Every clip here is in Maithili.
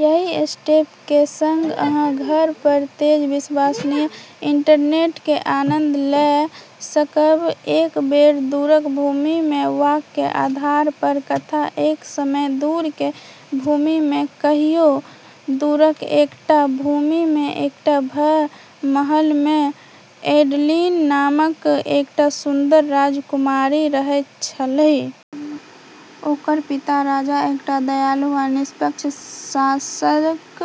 एहि स्टेप के संग अहाँ घर पर तेज, विश्वसनीय इंटरनेट के आनंद लए सकब। "एक बेर दूरक भूमि मे" वाक्य के आधार पर कथा: एक समय दूर के भूमि मे कहियो दूरक एकटा भूमि मे एकटा भव्य महल मे एडलिन नामक एकटा सुन्दर राजकुमारी रहैत छलीह। ओकर पिता राजा एकटा दयालु आ निष्पक्ष शासक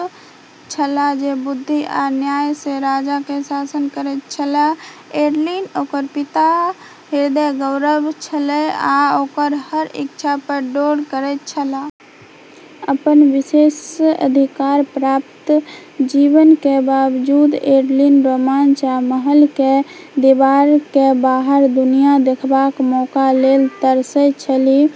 छलाह जे बुद्धि आ न्याय सँ राज्य के शासन करैत छलाह। एडलिन ओकर पिताक हृदयक गौरव छलैक आ ओ ओकर हर इच्छा पर डोल करैत छलाह। अपन विशेषाधिकार प्राप्त जीवन के बावजूद एडलिन रोमांच आ महल के दीवार के बाहर दुनिया देखबाक मौका लेल तरसैत छलीह।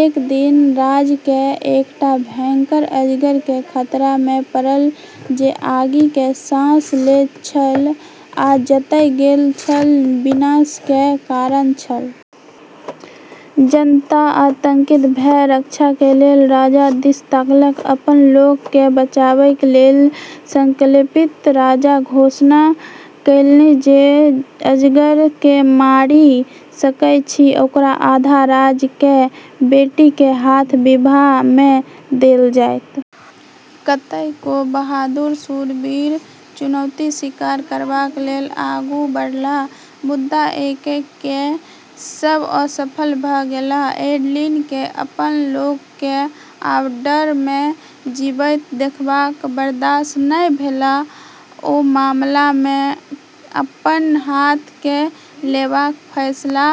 एक दिन राज्य के एकटा भयंकर अजगर के खतरा मे पड़ल जे आगि के साँस लैत छल आ जतय गेल छल विनाश के कारण छल। जनता आतंकित भय रक्षा के लेल राजा दिस तकलक। अपन लोक के बचाएबा लेल संकल्पित राजा घोषणा केलनि जे अजगर के मारि सकैत अछि ओकरा आधा राज्य आ बेटी के हाथ विवाह मे देल जायत। कतेको बहादुर शूरवीर चुनौती स्वीकार करबा लेल आगू बढ़लाह मुदा एक-एक कए सब असफल भ' गेलाह। एडलिन के अपन लोक के आब डर मे जीबैत देखब बर्दाश्त नै भेलै आ ओ मामला के अपन हाथ मे लेबाक फैसला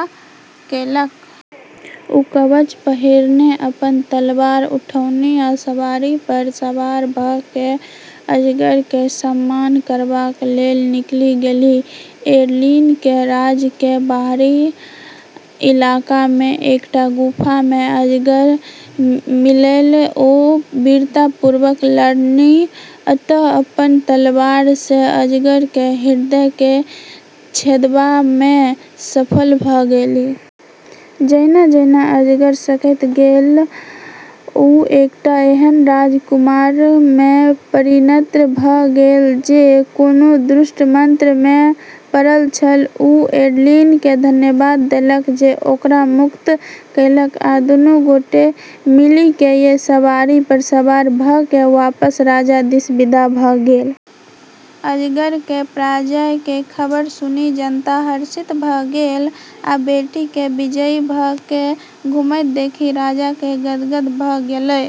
केलक। ओ कवच पहिरने अपन तलवार उठौलनि आ सवारी पर सवार भ' कए अजगरक सामना करबा लेल निकलि गेलीह। एडलिन के राज्य के बाहरी इलाका मे एकटा गुफा मे अजगर मिललै। ओ वीरतापूर्वक लड़लनि आ अंततः अपन तलवार सँ अजगरक हृदय के छेदबा मे सफल भ' गेलीह। जहिना-जहिना अजगर खसैत गेल, ओ एकटा एहन राजकुमार मे परिणत भ' गेल जे कोनो दुष्ट मंत्र मे पड़ल छल। ओ एडलिन के धन्यवाद देलक जे ओकरा मुक्त केलक आ दुनू गोटे मिलिकय, सवारी पर सवार भ' कए वापस राज्य दिस विदा भ' गेल। अजगर के पराजय के खबर सुनि जनता हर्षित भ गेल आ बेटी के विजयी भ' कए घुरैत देखि राजा के गदगद भ' गेलै।